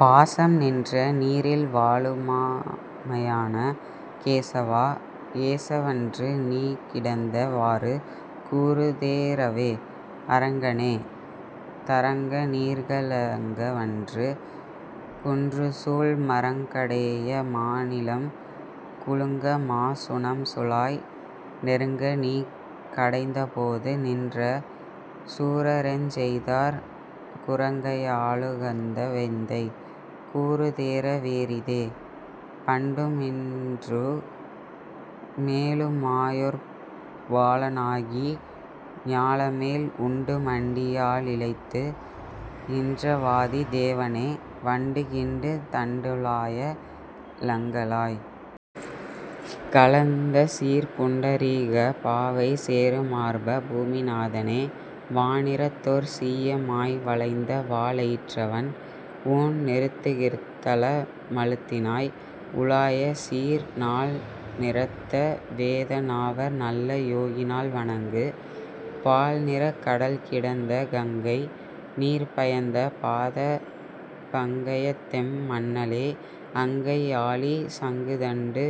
பாசம்நின்ற நீரில்வாழு மாமையான கேசவா, ஏசவன்று நீகிடந்த வாறுகூறு தேறவே. அரங்கனே. த ரங்கநீர்க லங்கவன்று குன்றுசூழ், மரங்கடேய மாநிலம்கு லுங்கமாசு ணம்சுலாய், நெருங்கநீ கடைந்தபோது நின்றசூர ரெஞ்செய்தார், குரங்கையா ளுகந்தவெந்தை. கூறுதேற வேறிதே. பண்டுமின்று மேலுமாயொர் பாலனாகி ஞாலமேழ், உண்டுமண்டி யாலிலைத்து யின்றவாதி தேவனே, வண்டுகிண்டு தண்டுழாய லங்கலாய். க லந்தசீர்ப், புண்டரீக பாவைசேரு மார்ப. பூமி நாதனே. வானிறத்தொர் சீயமாய்வ ளைந்தவாளெ யிற்றவன், ஊன்நிறத்து கிர்த்தலம ழுத்தினாய். உ லாயசீர், நால்நிறத்த வேதநாவர் நல்லயோகி னால்வணங்கு, பால்நிறக்க டல்கிடந்த கங்கைநீர்ப யந்தபாத பங்கயத்தெம் மண்ணலே, அங்கையாழி சங்குதண்டு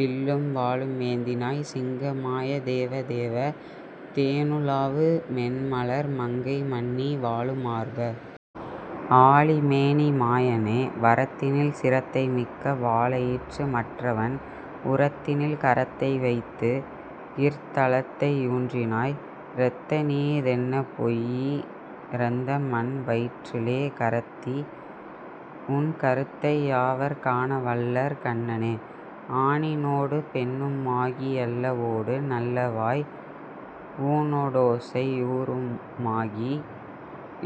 வில்லும்வாளு மேந்தினாய், சிங்கமாய தேவதேவ. தேனுலாவு மென்மலர், மங்கைமன்னி வாழுமார்ப. ஆழிமேனி மாயனே. வரத்தினில்சி ரத்தைமிக்க வாளெயிற்று மற்றவன், உரத்தினில்க ரத்தைவைத்து கிர்த்தலத்தை யூன்றினாய், இரத்தநீயி தென்னபொய்யி ரந்தமண்வ யிற்றுளே கரத்தி, உன்க ருத்தையாவர் காணவல்லர் கண்ணனே. ஆணினோடு பெண்ணுமாகி யல்லவோடு நல்லவாய், ஊணொடோ சை யூறுமாகி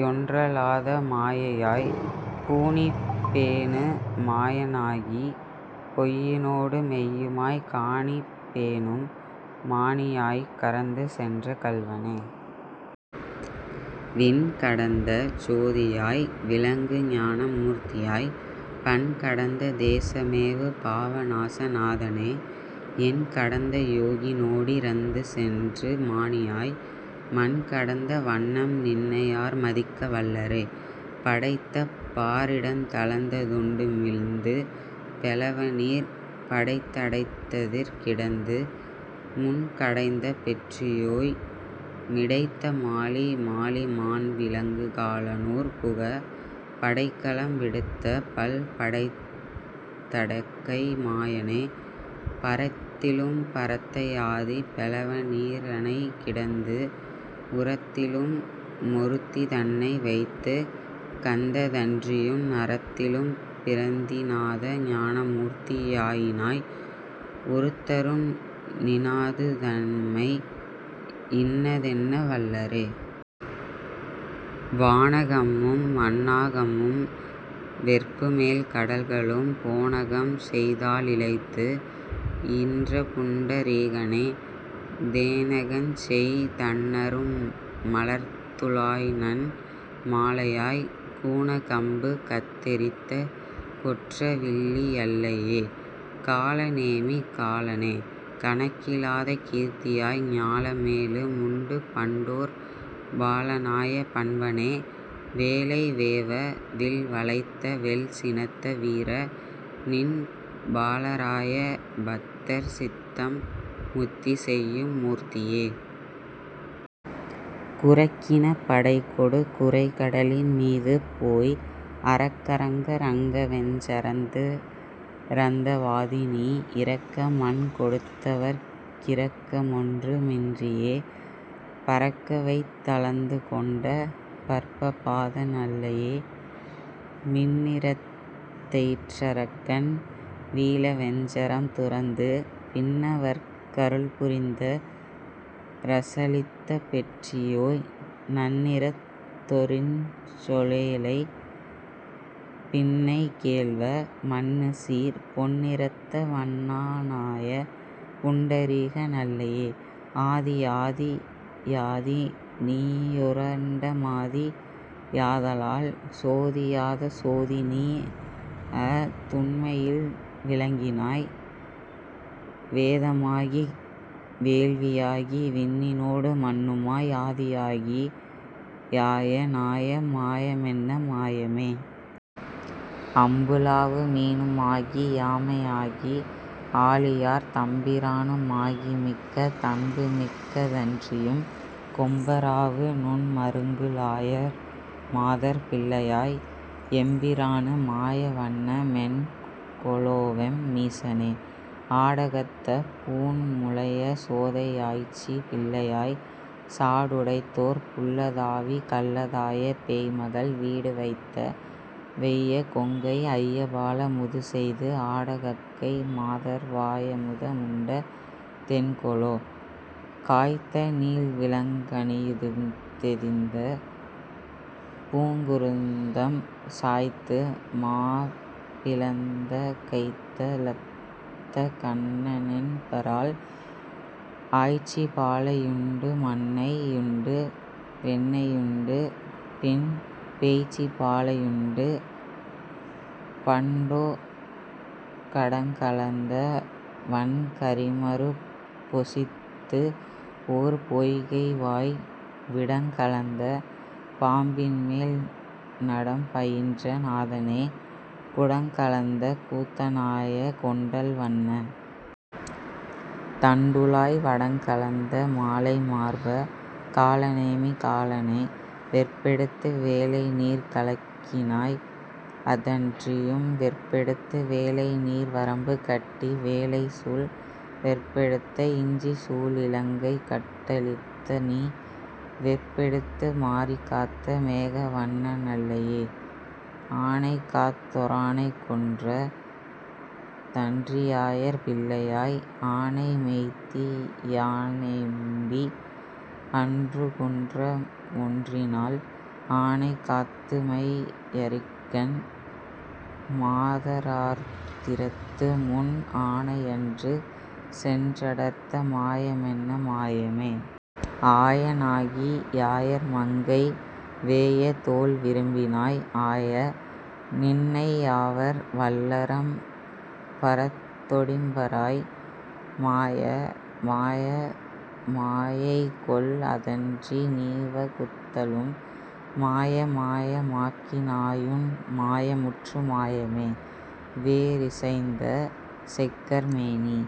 யொன்றலாத மாயையாய், பூணிபேணு மாயனாகிப் பொய்யினோடு மெய்யுமாய், காணிபேணும் மாணியாய்க்க ரந்துசென்ற கள்வனே. விண்கடந்த சோதியாய்வி ளங்குஞான மூர்த்தியாய், பண்கடந்த தேசமேவு பாவநாச நாதனே, எண்கடந்த யோகினோடி ரந்துசென்று மாணியாய், மண்கடந்த வண்ணம்நின்னை யார்மதிக்க வல்லரே? படைத்தபாரி டந்தளந்த துண்டுமிழ்ந்து பௌவநீர், படைத்தடைத்த திற்கிடந்து முன்கடைந்த பெற்றியோய், மிடைத்தமாலி மாலிமான்வி லங்குகால னூர்புக, படைக்கலம் விடுத்தபல்ப டைத்தடக்கை மாயனே. பரத்திலும்ப ரத்தையாதி பௌவநீர ணைக்கிடந்து, உரத்திலும்மொ ருத்திதன்னை வைத்துகந்த தன்றியும், நரத்திலும்பி றத்திநாத ஞானமூர்த்தி யாயினாய், ஒருத்தரும்நி னாதுதன்மை யின்னதென்ன வல்லரே. வானகம்மும் மண்ணாகம்மும் வெற்புமேழ்க டல்களும், போனகம்செய் தாலிலைத்து யின்றபுண்ட ரீகனே, தேனகஞ்செய் தண்ணறும்ம லர்த்துழாய்நன் மாலையாய், கூனகம்பு கத்தெறித்த கொற்றவில்லி யல்லையே? காலநேமி காலனே. கணக்கிலாத கீர்த்தியாய், ஞாலமேழு முண்டுபண்டோ ர் பாலனாய பண்பனே, வேலைவேவ வில்வளைத்த வெல்சினத்த வீர, நின் பாலராய பத்தர்சித்தம் முத்திசெய்யும் மூர்த்தியே. குரக்கினப்ப டைகொடுகு ரைகடலின் மீதுபோய் அரக்கரங்க ரங்கவெஞ்ச ரந்துரந்த வாதிநீ, இரக்கமண்கொ டுத்தவற்கி ரக்கமொன்று மின்றியே, பரக்கவைத்த ளந்துகொண்ட பற்பபாத னல்லையே? மின்னிறத்தெ யிற்றரக்கன் வீழவெஞ்ச ரம்துரந்து, பின்னவற்க ருள்புரிந்த ரசளித்த பெற்றியோய், நன்னிறத்தொ ரிஞ்சொலேழை பின்னைகேள்வ. மன்னுசீர், பொன்னிறத்த வண்ணானாய புண்டரீக னல்லையே? ஆதியாதி யாதிநீயொ ரண்டமாதி யாதலால், சோதியாத சோதிநீஅ துண்மையில்வி ளங்கினாய், வேதமாகி வேள்வியாகி விண்ணினோடு மண்ணுமாய் ஆதியாகி யாயனாய மாயமென்ன மாயமே? அம்புலாவு மீனுமாகி யாமையாகி ஆழியார், தம்பிரானு மாகிமிக்க தன்புமிக்க தன்றியும் கொம்பராவு நுண்மருங்கு லாயர்மாதர் பிள்ளையாய் எம்பிரானு மாயவண்ண மென்கொலோவெம் மீசனே. ஆடகத்த பூண்முலைய சோதையாய்ச்சி பிள்ளையாய் சாடுதைத்தோர் புள்ளதாவி கள்ளதாய பேய்மகள் வீடுவைத்த வெய்யகொங்கை ஐயபால முதுசெய்து, ஆடகக்கை மாதர்வா யமுதமுண்ட தென்கொலோ? காய்த்தநீள்வி ளங்கனியு திர்த்தெதிர்ந்த பூங்குருந்தம் சாய்த்து, மாபி ளந்தகைத்த லத்தகண்ண னென்பரால் ஆய்ச்சிபாலை யுண்டுமண்ணை யுண்டுவெண்ணெ யுண்டு, பின் பேய்ச்சிபாலை யுண்டுபண்டொ கடங்கலந்த வன்கரிம ருப்பொசித்துஓர் பொய்கைவாய், விடங்கலந்த பாம்பின்மேல்ந டம்பயின்ற நாதனே குடங்கலந்த கூத்தனாய கொண்டல்வண்ண. தண்டுழாய், வடங்கலந்த மாலைமார்ப. காலநேமி காலனே. வெற்பெடுத்து வேலைநீர்க லக்கினாய்அ தன்றியும், வெற்பெடுத்து வேலைநீர்வ ரம்புகட்டி வேலைசூழ், வெற்பெடுத்த இஞ்சிசூழி லங்கைகட்ட ழித்தநீ வெற்பெடுத்து மாரிகாத்த மேகவண்ண னல்லையே. ஆனைகாத்தொ ரானைகொன்ற தன்றியாயர் பிள்ளையாய், ஆனைமேய்த்தி யானெயுண்டி அன்றுகுன்ற மொன்றினால், ஆனைகாத்து மையரிக்கண் மாதரார்தி றத்து, முன் ஆனையன்று சென்றடர்த்த மாயமென்ன மாயமே? ஆயனாகி யாயர்மங்கை வேயதோள்வி ரும்பினாய், ஆய. நின்னை யாவர்வல்ல ரம்பரத்தொ டிம்பராய், மாய. மாய மாயைகொல்அ தன்றிநீவ குத்தலும், மாயமாய மாக்கினாயுன் மாயமுற்று மாயமே. வேறிசைந்த செக்கர்மேனி